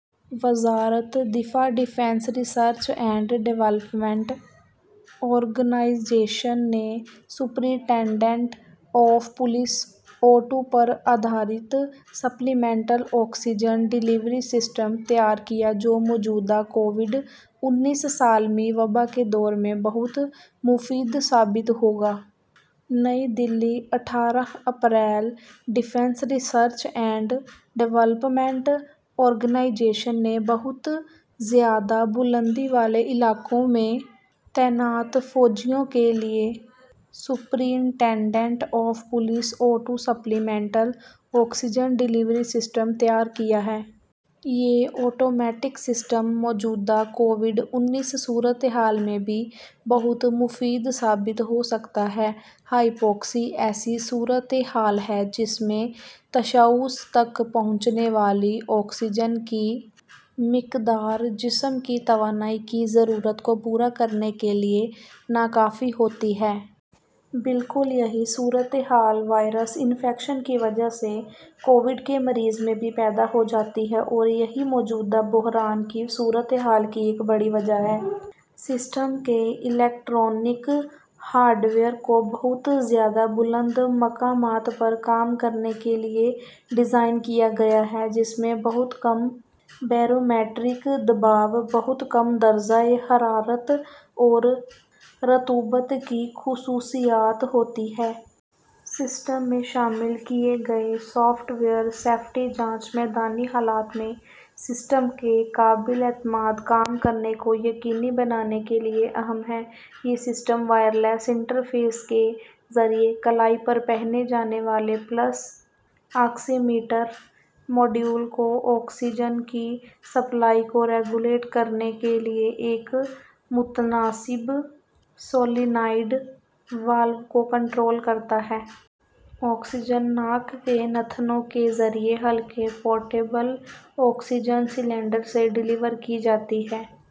وزارت دفاع D R D O نے ایس پی او ٹو پر مبنی سپلیمنٹل آکسیجن ڈلیوری سسٹم تیار کیا، جو موجودہ کووڈ-انیس عالمی وبا کے دور میں بہت مفید ثابت ہوگا۔ نئی دہلی، اٹھارہ اپریل: defence research and development organisation نے بہت زیادہ بلندی والے علاقوں میں تعینات فوجیوں کے لیے S P O two supplemental oxygen delivery system تیار کیا ہے۔ یہ آٹومیٹک سسٹم موجودہ کووڈ-انیس صورتحال میں بھی بہت مفید ثابت ہوسکتا ہے۔ ہائپوکسیا ایسی صورتحال ہے جس میں ٹشوز تک پہنچنے والی آکسیجن کی مقدار جسم کی توانائی کی ضرورت کو پورا کرنے کے لیے ناکافی ہوتی ہے۔ بالکل یہی صورتحال وائرس انفیکشن کی وجہ سے کووڈ کے مریض میں بھی پیدا ہوجاتی ہے اور یہی موجودہ بحران کی صورتحال کی ایک بڑی وجہ ہے۔ سسٹم کے الیکٹرانک ہارڈ ویئر کو بہت زیادہ بلند مقامات پر کام کرنے کے لیے ڈیزائن کیا گیا ہے، جس میں بہت کم بیرو میٹرک دباؤ، بہت کم درجہ حرارت اور رطوبت کی خصوصیات ہوتی ہیں۔ سسٹم میں شامل کیے گئے سافٹ ویئر سیفٹی جانچ میدانی حالات میں سسٹم کے قابلِ اعتماد کام کرنے کو یقینی بنانے کے لیے اہم ہے۔ یہ سسٹم وائرلیس انٹرفیس کے ذریعے کلائی پر پہنے جانے والے پلس آکسی میٹر ماڈیول سے سبجیکٹ کے S P O two level کو پڑھتا ہے اور سبجیکٹ کو آکسیجن کی سپلائی کو ریگولیٹ کرنے کے لیے ایک متناسب سولینائڈ والو کو کنٹرول کرتا ہے۔ آکسیجن ناک کے نتھنوں کے ذریعے ہلکے پورٹیبل آکسیجن سلنڈر سے ڈلیور کی جاتی ہے۔